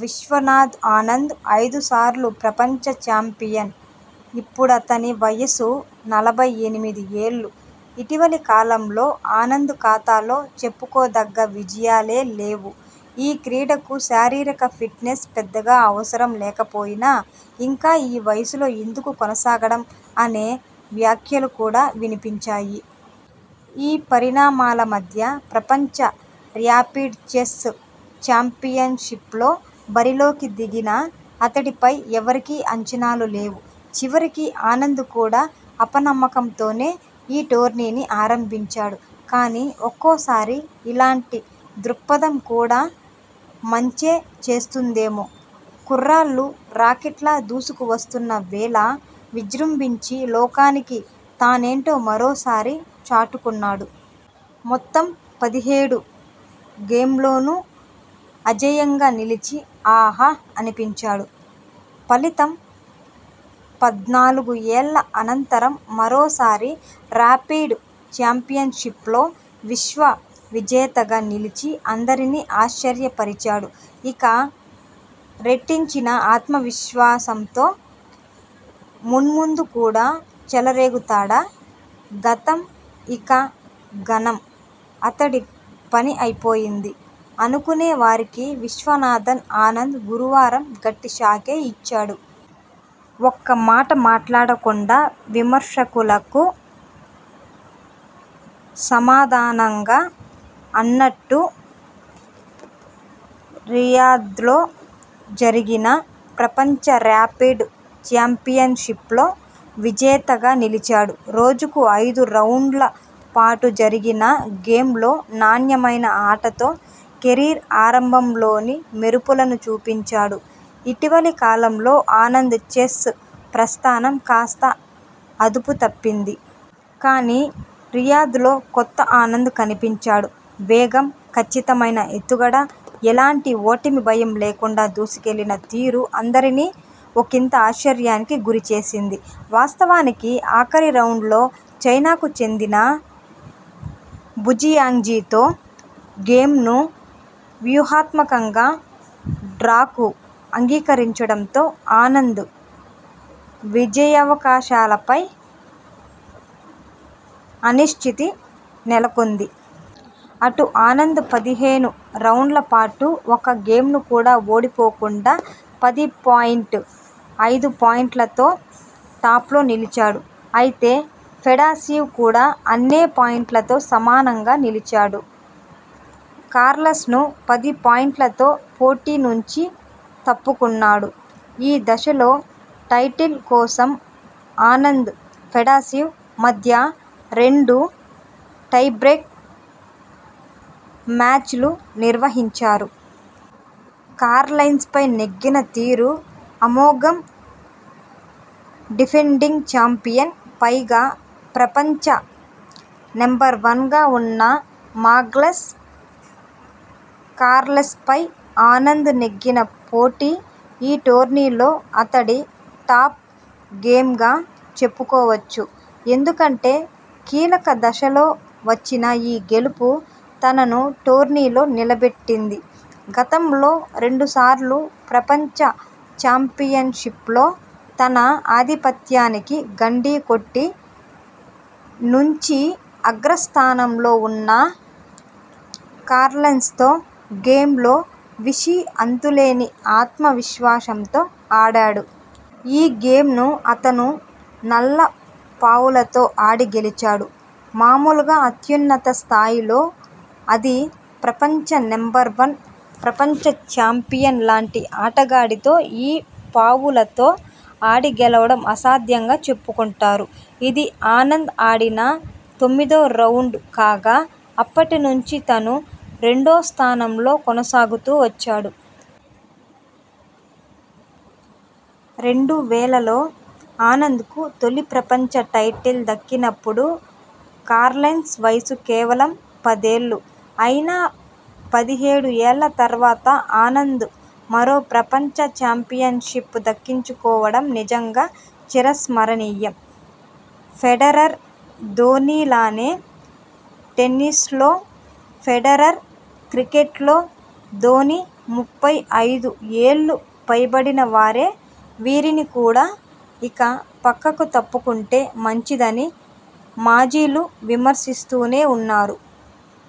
విశ్వనాథన్ ఆనంద్, ఐదుసార్లు ప్రపంచ చాంపియన్ ఇప్పుడతని వయస్సు నలభై ఎనిమిది ఏళ్లు, ఇటీవలి కాలంలో ఆనంద్ ఖాతాలో చెప్పుకో దగ్గ విజయాలే లేవు ఈ క్రీడకు శారీరక ఫిట్నెస్ పెద్దగా అవసరం లేకపోయినా ఇంకా ఈ వయస్సులో ఎందుకు కొనసాగడం. అనే వ్యాఖ్యలు కూడా వినిపించాయి. ఈ పరిణామాల మధ్య ప్రపంచ ర్యాపిడ్ చెస్ చాంపియన్షిప్లో బరిలోకి దిగిన అతడిపై ఎవరికీ అంచనాలు లేవు. చివరికి ఆనంద్ కూడా అప నమ్మకం తోనే ఈ టోర్నీని ఆరంభించాడు. కానీ ఒక్కోసారి ఇలాంటి దృక్పథం కూడా మంచే చేస్తుందేమో కుర్రాళ్లు రాకెట్లా దూసుకు వస్తున్న వేళ విజృంభించి లోకానికి తానేంటో మరోసారి చాటుకున్నాడు. మొత్తం పదిహేడు గేమ్ల్లోనూ అజేయంగా నిలిచి ఆహా అనిపించాడు. ఫలితం పద్నాలుగు ఏళ్ల అనంతరం మరోసారి ర్యాపిడ్ చాంపియన్షిప్లో విశ్వ విజేతగా నిలిచి అందరినీ ఆశ్చర్యపరిచాడు. ఇక రెట్టించిన ఆత్మ విశ్వాసంతో మున్ముందు కూడా చెలరేగుతాడా? గతం ఇక ఘనం అతడి పని అయిపోయింది. అనుకునే వారికి విశ్వనాథన్ ఆనంద్ గురువారం గట్టి షాకే ఇచ్చాడు. ఒక్క మాట మాట్లాడకుండా విమర్శకులకు సమాధా నంగానా అన్నట్టు రియాద్లో జరిగిన ప్రపంచ ర్యాపిడ్ చాంపియ న్షిప్లో విజేతగా నిలిచాడు. రోజుకు ఐదు రౌండ్ల పాటు జరిగిన గేమ్ల్లో నాణ్యమైన ఆటతో కెరీర్ ఆరంభంలోని మెరుపులను చూపించా డు. ఇటీవలి కాలంలో ఆనంద్ చెస్ ప్రస్థానం కాస్త అదుపు తప్పింది. కానీ రియాద్లో కొత్త ఆనంద్ కనిపించాడు. వేగం, కచ్చితమైన ఎత్తుగడ, ఎలాంటి ఓటమి భయం లేకుండా దూసుకెళ్లిన తీరు అందరినీ ఒకింత ఆశ్చర్యానికి గురి చేసింది. వాస్తవానికి ఆఖరి రౌండ్లో చైనాకు చెందిన బుజియాంగ్జితో గేమ్ను వ్యూహాత్మకంగా డ్రాకు అంగీకరించడంతో ఆనంద్ విజయావకాశాలపై అనిశ్చితి నెలకొంది. అటు ఆనంద్ పదిహేను రౌండ్ల పాటు ఒక్క గేమ్ను కూడా ఓడి పోకుండా పది పాయింట్ ఐదు పాయింట్లతో టాప్లో నిలిచాడు. అయితే ఫెడసీవ్ కూడా అన్నే పాయింట్లతో సమానంగా నిలిచాడు. కార్ల్సన్ పది పాయింట్లతో పోటీ నుంచి తప్పుకున్నాడు. ఈ దశలో టైటిల్ కోసం ఆనంద్, ఫెడసీవ్ మధ్య రెండు టైబ్రేక్ మ్యాచ్లు నిర్వహించారు. కార్ల్సన్పై నెగ్గిన తీరు అమోఘం డిఫెండింగ్ చాంపియన్, పైగా ప్రపంచ నంబర్వన్గా ఉన్న మాగ్నస్ కార్ల్సన్పై ఆనంద్ నెగ్గిన పోటీ ఈటోర్నీలో అతడి టాప్ గేమ్గా చెప్పుకో వచ్చు. ఎందుకంటే కీలక దశలో వచ్చిన ఈ గెలుపు తనను టోర్నీలో నిలబెట్టింది. గతంలో రెండు సార్లు ప్రపంచ చాంపియన్షిప్లో తన ఆధిపత్యానికి గండి కొట్టి నుంచి అగ్రస్థానంలో ఉన్న కార్ల్సన్తో గేమ్లో విషీ అంతులేని ఆత్మ విశ్వాసంతో ఆడాడు. ఈ గేమ్ను అతను నల్ల పావులతో ఆడి గెలిచాడు. మామూలుగా అత్యున్నత స్థాయిలో అదీ ప్రపంచ నంబర్వన్, ప్రపంచ చాంపియన్ లాంటి ఆటగాడితో ఈ పావులతో ఆడి గెలవడం అసాధ్యంగా చెప్పుకుంటారు. ఇది ఆనంద్ ఆడిన తొమ్మిదో రౌండ్ కాగా అప్పటి నుంచి తను రెండో స్థానంలో కొనసాగుతూ వచ్చాడు. రెండు వేలలో ఆనంద్కు తొలి ప్రపంచ టైటిల్ దక్కినప్పుడు కార్ల్సన్ వయస్సు కేవలం పదేళ్లు. అయినా పదిహేడు ఏళ్ల తర్వాత ఆనంద్ మరో ప్రపంచ చాంపియన్షిప్ను దక్కించుకోవడం నిజంగా చిరస్మరణీయం. ఫెడరర్, ధోనీలానే టెన్నిస్లో ఫెడరర్, క్రికెట్లో ధోనీ ముప్పై ఐదు ఏళ్లు పైబడిన వారే, వీరిని కూడా ఇక పక్కకు తప్పుకుంటే మంచిదని మాజీలు విమర్శిస్తూనే ఉన్నారు.